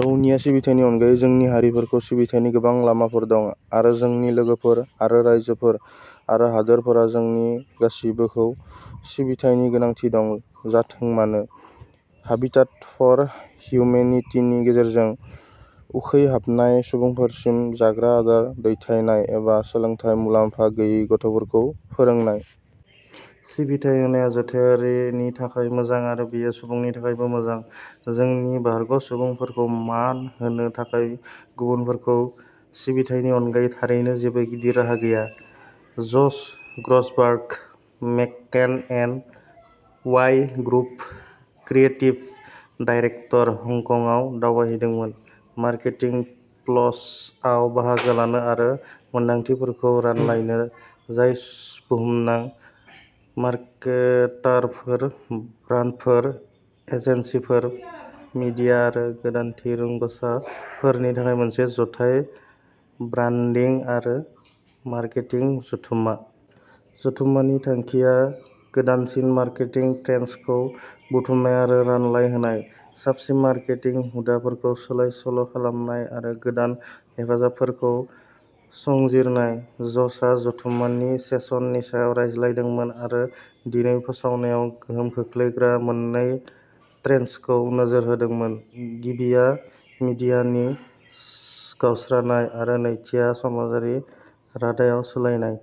रौनिया सिबिथायनि अनगायै जोंनि हारिफोरखौ सिबिथायनि गोबां लामाफोर दं, आरो जोंनि लोगोफोर आरो रायजोफोर आरो हादोरफोरा जोंनि गासिबोखौ सिबिथायनि गोनांथि दं-जाथों मानो। हाबिटाट फर हिउमेनिटीनि गेजेरजों, उखैहाबनाय सुबुंफोरसिम जाग्रा आदार दैथायनाय, एबा सोलोंथाय मुलामफा गैयै गथ'फोरखौ फोरोंनाय। सिबिथाय होनाया जथायारिनि थाखाय मोजां, आरो बेयो सुबुंनि थाखायबो मोजां। जोंनि बारग'सुबुंफोरखौ मान होनो थाखाय गुबुनफोरखौ सिबिथायनि अनगायै थारैनो जेबो गिदिर राहा गैया। Josh Grossberg, McCann N. Y. Group creative director, हंकंआव दावबायहैदोंमोन मार्केटिंपल्सआव बाहागो लानो आरो मोनदांथिफोरखौ रानलायनो, जाय बुहुमनां मार्केटारफोर, ब्रान्डफोर, एजेन्सिफोर, मीडिया आरो गोदानथि रोंग'साफोरनि थाखाय मोनसे जथाय ब्रान्डिं आरो मार्केटिं जथुममा। जथुम्मानि थांखिया गोदानसिन मार्केटिं ट्रेन्ड्सखौ बुथुमनाय आरो रानलायहोनाय, साबसिन मार्केटिं हुदाफोरखौ सोलाय-सोल'खालामनाय आरो गोदान हेफाजाबफोरखौ संजिरनाय। जशआ जथुम्मानि सेसन नि समाव रायज्लायदोंमोन आरो दिनै फोसावनायाव गोहोम खोख्लैग्रा मोन्नै ट्रेन्ड्सखौ नोजोर होदोंमोनः गिबिया मिडियानि गावस्रानाय; आरो नैथिआ समाजारि रादायाव सोलायनाय।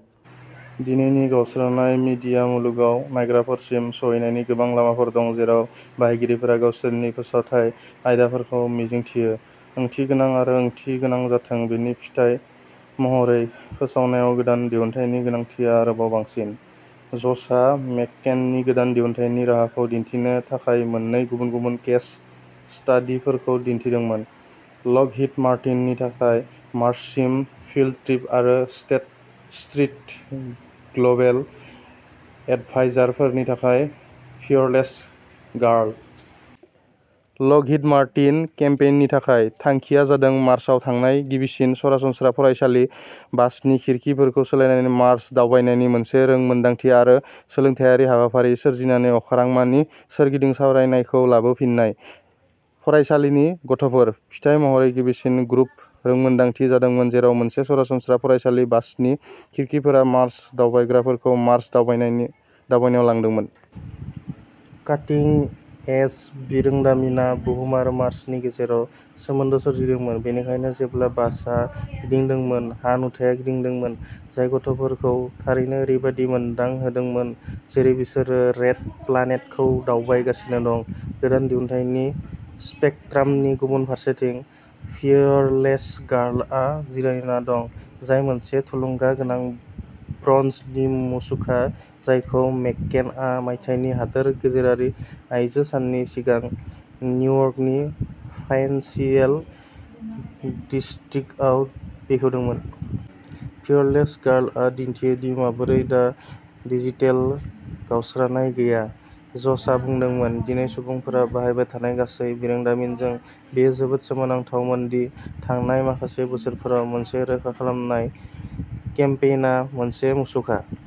दिनैनि गावस्रानाय मीडिया मुलुगाव नायग्राफोरसिम सौहैनायनि गोबां लामाफोर दं जेराव बाहायगिरिफोरा गावसोरनि फोसावथाय आयदाफोरखौ मिजिंथियो। ओंथिगोनां आरो ओंथिगोनां जाथों। बेनि फिथाइ महरै, फोसावनायाव गोदान दिहुनथायनि गोनांथिआ आरोबाव बांसिन। ज'शआ मेककेननि गोदान दिहुनथायनि राहाखौ दिन्थिनो थाखाय मोन्नै गुबुन गुबुन केस स्टादिफोरखौ दिन्थिदोंमोनः लकहिड मार्टिननि थाखाय मार्ससिम फिल्ड ट्रिप आरो स्टेट स्ट्रीट ग्लबेल एडभाइजारफोरनि थाखाय फीयरलेस गार्ल। लकहिड मार्टिन केम्पेइननि थाखाय, थांखिया जादों मार्साव थांनाय गिबिसिन सरासनस्रा फरायसालि बासनि खिरखिफोरखौ सोलायनानै मार्स दावबायनायनि मोनसे रोंमोनदांथि आरो सोलोंथायारि हाबाफारि सोरजिनानै अख्रांमानि सोरगिदिं सावरायनायखौ लाबोफिन्नायः फरायसालिनि गथ'फोर। फिथाय महरै गिबिसिन ग्रुप रोंमोनदांथि जादोंमोन जेराव मोनसे सरासनस्रा फरायसालि बासनि खिरखिफोरा मार्स दावबायग्राफोरखौ मार्स दावबायनायाव लांदोंमोन। काटिं-एज बिरोंदामिनआ बुहुम आरो मार्सनि गेजेराव " सोमोन्दो" सोरजिदोंमोन, बेनिखायनो, जेब्ला बासआ गिदिंदोंमोन, हा-नुथाया गिदिंदोंमोन, जाय गथ'फोरखौ थारैनो ओरैबायदि मोनदांहोदोंमोन जेरै बिसोरो रेड प्लानेटखौ दावबायगासिनो दं। गोदान दिहुनथायनि स्पेकट्रामनि गुबुन फारसेथिं। फीयरलेस गार्लआ जिरायना दं, जाय मोनसे थुलुंगागोनां ब्रन्जनि मुसुखा जायखौ मेककेनआ मायथाइनि हादोर गेजेरारि आइजो साननि सिगां निउयार्कनि फाइनेन्सियेल डिस्ट्रिक्टआव बेखेवदोंमोन। "फीयरलेस गार्लआ दिन्थियो दि माबोरै दा डिजिटेल गावस्रानाय गैया", ज'शआ बुंदोंमोन। "दिनै सुबुंफोरा बाहायबाय थानाय गासै बिरोंदामिनजों, बेयो जोबोद सोमोनांथावमोन दि थांनाय माखासे बोसोरफोराव मोनसे रोखा खालामनाय केम्पेइनआ मोनसे मुसुखा।